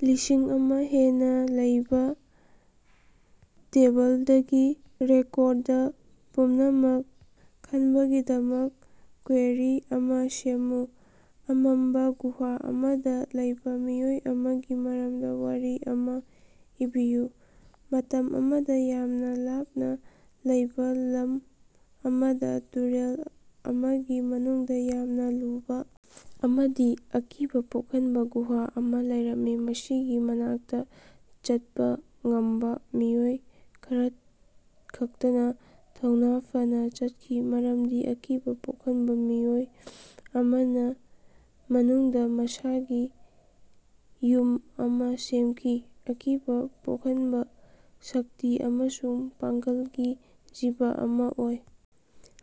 ꯂꯤꯁꯤꯡ ꯑꯃ ꯍꯦꯟꯅ ꯂꯩꯕꯥ ꯇꯦꯕꯜꯗꯒꯤ ꯔꯦꯀꯣꯔꯗ ꯄꯨꯝꯅꯃꯛ ꯈꯟꯕꯒꯤꯗꯃꯛ ꯀ꯭ꯋꯦꯔꯤ ꯑꯃꯥ ꯁꯦꯝꯃꯨ꯫ ꯑꯃꯝꯕ ꯒꯨꯍꯥ ꯑꯃꯗ ꯂꯩꯕꯥ ꯃꯤꯑꯣꯏ ꯑꯃꯒꯤ ꯃꯔꯝꯗ ꯋꯥꯔꯤ ꯑꯃ ꯏꯕꯤꯌꯨ꯫ ꯃꯇꯝ ꯑꯃꯗ ꯌꯥꯝꯅ ꯂꯥꯞꯅ ꯂꯩꯕ ꯂꯝ ꯑꯃꯗ ꯇꯨꯔꯦꯜ ꯑꯃꯒꯤ ꯃꯅꯨꯡꯗ ꯌꯥꯝꯅ ꯂꯨꯕ ꯑꯃꯗꯤ ꯑꯀꯤꯕꯥ ꯄꯣꯛꯍꯟꯕ ꯒꯨꯍꯥ ꯑꯃ ꯂꯩꯔꯝꯃꯤ꯫ ꯃꯁꯤꯒꯤ ꯃꯅꯥꯛꯇ ꯆꯠꯄ ꯉꯝꯕ ꯃꯤꯑꯣꯏ ꯈꯔꯈꯛꯇꯅ ꯊꯧꯅ ꯐꯅꯥ ꯆꯠꯈꯤ ꯃꯔꯝꯗꯤ ꯑꯀꯤꯕꯥ ꯄꯣꯛꯍꯟꯕ ꯃꯤꯑꯣꯏ ꯑꯃꯅ ꯃꯅꯨꯡꯗ ꯃꯁꯥꯒꯤ ꯌꯨꯝ ꯑꯃ ꯁꯦꯝꯈꯤ ꯑꯀꯤꯕ ꯄꯣꯛꯍꯟꯕ ꯁꯛꯇꯤ ꯑꯃꯁꯨꯡ ꯄꯥꯡꯒꯜꯒꯤ ꯖꯤꯕ ꯑꯃ ꯑꯣꯏ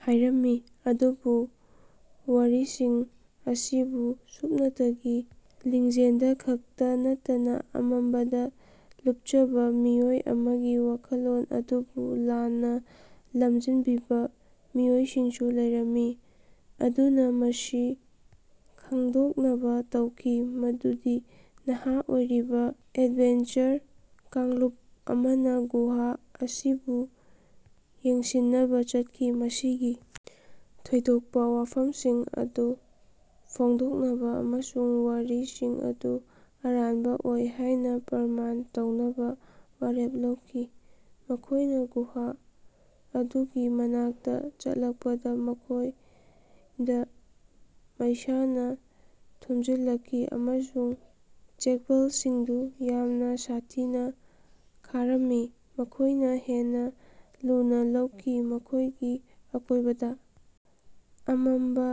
ꯍꯥꯢꯔꯝꯃꯤ꯫ ꯑꯗꯨꯕꯨ ꯋꯥꯔꯤꯁꯤꯡ ꯑꯁꯤꯕꯨ ꯁꯨꯞꯅꯇꯒꯤ ꯂꯤꯖꯦꯟꯗ ꯈꯛꯇ ꯅꯠꯇꯅ ꯑꯃꯝꯕꯗ ꯂꯨꯞꯆꯕ ꯃꯤꯑꯣꯏ ꯑꯃꯒꯤ ꯋꯥꯈꯜꯂꯣꯟ ꯑꯗꯨꯕꯨ ꯂꯥꯟꯅꯥ ꯂꯝꯖꯤꯡꯕꯤꯕ ꯃꯤꯑꯣꯏꯁꯤꯡꯁꯨ ꯂꯩꯔꯝꯃꯤ꯫ ꯑꯗꯨꯅ ꯃꯁꯤ ꯈꯪꯗꯣꯛꯅꯕ ꯇꯧꯈꯤ ꯃꯗꯨꯗꯤ ꯅꯍꯥ ꯑꯣꯏꯔꯤꯕ ꯑꯦꯗꯚꯦꯟꯆꯔ ꯀꯥꯡꯂꯨꯞ ꯑꯃꯅ ꯒꯨꯍꯥ ꯑꯁꯤꯕꯨ ꯌꯦꯡꯁꯤꯟꯅꯕ ꯆꯠꯈꯤ ꯃꯁꯤꯒꯤ ꯊꯣꯏꯗꯣꯛꯄ ꯋꯥꯐꯝꯁꯤꯡ ꯑꯗꯨ ꯐꯣꯡꯗꯣꯛꯅꯕ ꯑꯃꯁꯨꯡ ꯋꯥꯔꯤꯁꯤꯡ ꯑꯗꯨ ꯑꯔꯥꯟꯕ ꯑꯣꯏ ꯍꯥꯢꯅ ꯄ꯭ꯔꯃꯥꯟ ꯇꯧꯅꯕ ꯋꯥꯔꯦꯞ ꯂꯧꯈꯤ꯫ ꯃꯈꯣꯢꯅ ꯒꯨꯍꯥ ꯑꯗꯨꯒꯤ ꯃꯅꯥꯛꯇ ꯆꯪꯂꯛꯄꯗ ꯃꯈꯣꯏꯗ ꯃꯩꯁꯥꯅ ꯊꯨꯝꯖꯤꯜꯂꯛꯈꯤ ꯑꯃꯁꯨꯡ ꯆꯦꯛꯄꯜꯁꯤꯡꯗꯨ ꯌꯥꯝꯅ ꯁꯥꯊꯤꯅ ꯈꯥꯔꯝꯈꯤ꯫ ꯃꯈꯣꯢꯅ ꯍꯦꯟꯅ ꯂꯨꯅ ꯂꯧꯈꯤ ꯃꯈꯣꯢꯒꯤ ꯑꯀꯣꯢꯕꯗ ꯑꯃꯝꯕ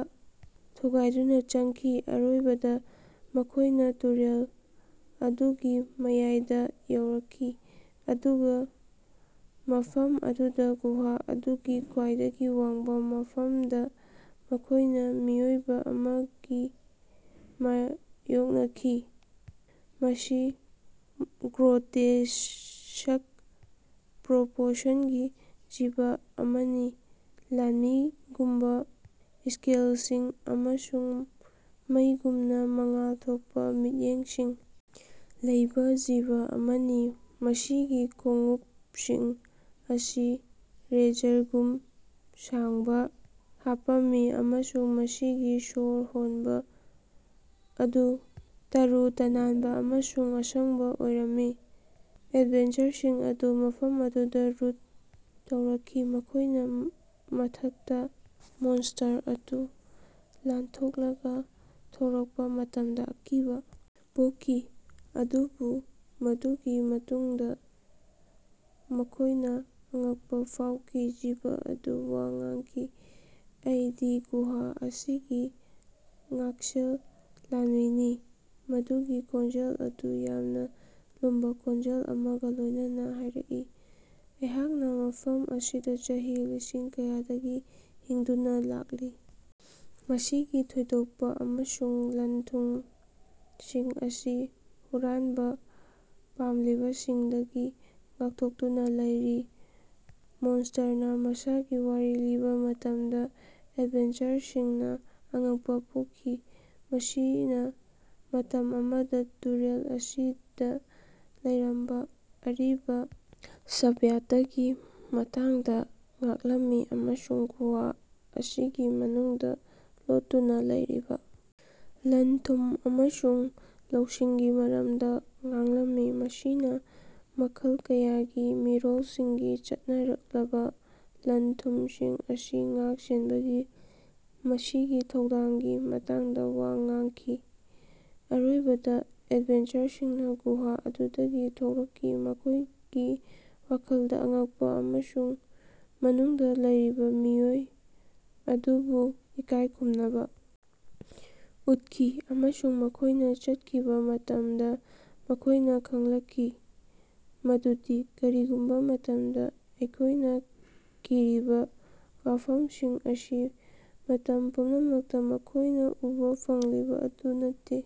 ꯊꯨꯒꯥꯢꯗꯨꯅ ꯆꯪꯈꯤ ꯑꯔꯣꯏꯕꯗ ꯃꯈꯣꯏꯅ ꯇꯨꯔꯦꯜ ꯑꯗꯨꯒꯤ ꯃꯌꯥꯏꯗ ꯌꯧꯔꯛꯈꯤ꯫ ꯑꯗꯨꯒ ꯃꯐꯝ ꯑꯗꯨꯗ ꯒꯨꯍꯥ ꯑꯗꯨꯒꯤ ꯈ꯭ꯋꯥꯏꯗꯒꯤ ꯋꯥꯡꯕꯥ ꯃꯐꯝꯗ ꯃꯈꯣꯢꯅ ꯃꯤꯑꯣꯏꯕ ꯑꯃꯒ ꯃꯥꯌꯣꯛꯅꯈꯤ꯫ ꯃꯁꯤ ꯒ꯭ꯔꯣꯇꯦꯁ꯭ꯛ ꯄ꯭ꯔꯣꯄꯣꯔꯁꯟꯒꯤ ꯖꯤꯕ ꯑꯃꯅꯤ ꯂꯥꯟꯃꯤꯒꯨꯝꯕꯥ ꯁ꯭ꯀꯦꯜꯁꯤꯡ ꯑꯃꯁꯨꯡ ꯃꯩꯒꯨꯝꯅ ꯃꯉꯥꯜ ꯊꯣꯛꯄ ꯃꯤꯠꯌꯦꯡꯁꯤꯡ ꯂꯩꯕꯥ ꯖꯤꯕ ꯑꯃꯅꯤ꯫ ꯃꯁꯤꯒꯤ ꯈꯣꯡꯎꯞꯁꯤꯡ ꯑꯁꯤ ꯔꯦꯖꯔꯒꯨꯝꯅ ꯁꯥꯡꯕ ꯍꯥꯞꯄꯝꯃꯤ ꯑꯃꯁꯨꯡ ꯃꯁꯤꯒꯤ ꯁꯣꯔ ꯍꯣꯟꯕꯥ ꯑꯗꯨ ꯇꯔꯨ ꯇꯅꯥꯟꯕꯥ ꯑꯃꯁꯨꯡ ꯑꯁꯪꯕ ꯑꯣꯏꯔꯝꯃꯤ꯫ ꯑꯦꯗꯚꯦꯟꯆꯔꯁꯤꯡ ꯑꯗꯨ ꯃꯐꯝ ꯑꯗꯨꯗꯥ ꯔꯨꯠ ꯇꯧꯔꯛꯈꯤ ꯃꯈꯣꯢꯅ ꯃꯊꯛꯇ ꯃꯣꯟꯁꯇꯔ ꯑꯗꯨ ꯂꯥꯟꯊꯣꯛꯂꯒ ꯊꯣꯔꯛꯄ ꯃꯇꯝꯗ ꯑꯀꯤꯕ ꯄꯣꯛꯈꯤ꯫ ꯑꯗꯨꯕꯨ ꯃꯗꯨꯒꯤ ꯃꯇꯨꯡꯗ ꯃꯈꯣꯢꯅ ꯑꯉꯛꯄ ꯐꯥꯎꯈꯤ ꯖꯤꯕ ꯑꯗꯨꯅ ꯋꯥ ꯉꯥꯡꯈꯤ꯫ ꯑꯩꯗꯤ ꯒꯨꯍꯥ ꯑꯁꯤꯒꯤ ꯉꯥꯛꯁꯦꯜ ꯂꯥꯟꯃꯤꯅꯤ ꯃꯗꯨꯒꯤ ꯈꯣꯟꯖꯦꯜ ꯑꯗꯨ ꯌꯥꯝꯅ ꯂꯨꯝꯕ ꯈꯣꯟꯖꯦꯜ ꯑꯃꯒ ꯂꯣꯢꯅꯅꯥ ꯍꯥꯌꯔꯛꯏ꯫ ꯑꯩꯍꯥꯛꯅꯥ ꯃꯐꯝ ꯑꯁꯤꯗꯥ ꯆꯍꯤ ꯂꯤꯁꯤꯡ ꯀꯌꯥꯗꯒꯤ ꯍꯤꯡꯗꯨꯅꯥ ꯂꯥꯛꯂꯤ ꯃꯁꯤꯒꯤ ꯊꯣꯏꯗꯣꯛꯄ ꯑꯃꯁꯨꯡ ꯂꯟ-ꯊꯨꯝꯁꯤꯡ ꯑꯁꯤ ꯍꯨꯔꯥꯟꯕꯥ ꯄꯥꯝꯂꯤꯕꯁꯤꯡꯗꯒꯤ ꯉꯥꯛꯊꯣꯛꯇꯨꯅ ꯂꯩꯔꯤ꯫ ꯃꯣꯟꯁꯇꯔꯅ ꯃꯁꯥꯒꯤ ꯋꯥꯔꯤ ꯂꯤꯕꯥ ꯃꯇꯝꯗ ꯑꯦꯗꯚꯦꯟꯆꯔꯁꯤꯡꯅ ꯑꯉꯛꯄ ꯄꯣꯛꯈꯤ꯫ ꯃꯁꯤꯅ ꯃꯇꯝ ꯑꯃꯗ ꯇꯨꯔꯦꯜ ꯑꯁꯤꯗ ꯂꯩꯔꯝꯕ ꯑꯔꯤꯕꯥ ꯁꯚ꯭ꯌꯇꯥꯒꯤ ꯃꯇꯥꯡꯗ ꯉꯥꯡꯂꯝꯃꯤ ꯑꯃꯁꯨꯡ ꯒꯨꯍꯥ ꯑꯁꯤꯒꯤ ꯃꯅꯨꯡꯗ ꯂꯣꯠꯇꯨꯅꯥ ꯂꯩꯔꯤꯕꯥ ꯂꯟ-ꯊꯨꯝ ꯑꯃꯁꯨꯡ ꯂꯧꯁꯤꯡꯒꯤ ꯃꯔꯝꯗ ꯉꯥꯡꯂꯝꯃꯤ꯫ ꯃꯁꯤꯅꯥ ꯃꯈꯜ ꯀꯌꯥꯒꯤ ꯃꯤꯔꯣꯜꯁꯤꯡꯒꯤ ꯆꯠꯅꯔꯛꯂꯕꯥ ꯂꯟ-ꯊꯨꯝꯁꯤꯡ ꯑꯁꯤ ꯉꯥꯛ-ꯁꯦꯟꯕꯒꯤ ꯃꯁꯤꯒꯤ ꯊꯧꯗꯥꯡꯒꯤ ꯃꯇꯥꯡꯗꯥ ꯋꯥ ꯉꯥꯡꯈꯤ꯫ ꯑꯔꯣꯏꯕꯗ ꯑꯦꯗꯚꯦꯟꯆꯔꯁꯤꯡꯅꯥ ꯒꯨꯍꯥ ꯑꯗꯨꯗꯒꯤ ꯊꯣꯔꯛꯈꯤ ꯃꯈꯣꯢꯒꯤ ꯋꯥꯈꯜꯗ ꯑꯉꯛꯄ ꯑꯃꯁꯨꯡ ꯃꯅꯨꯡꯗ ꯂꯩꯔꯤꯕ ꯃꯤꯑꯣꯏ ꯑꯗꯨꯕꯨ ꯏꯀꯥꯢ ꯈꯨꯝꯅꯕ ꯎꯠꯈꯤ꯫ ꯑꯃꯁꯨꯡ ꯃꯈꯣꯢꯅ ꯆꯠꯈꯤꯕ ꯃꯇꯝꯗ ꯃꯈꯣꯢꯅ ꯈꯪꯂꯛꯈꯤ ꯃꯗꯨꯗꯤ ꯀꯔꯤꯒꯨꯝꯕꯥ ꯃꯇꯝꯗ ꯑꯩꯈꯣꯢꯅ ꯀꯤꯔꯤꯕ ꯋꯥꯐꯝꯁꯤꯡ ꯑꯁꯤ ꯃꯇꯝ ꯄꯨꯝꯅꯃꯛꯇ ꯃꯈꯣꯢꯅ ꯎꯕ ꯐꯪꯂꯤꯕ ꯑꯗꯨ ꯅꯠꯇꯦ꯫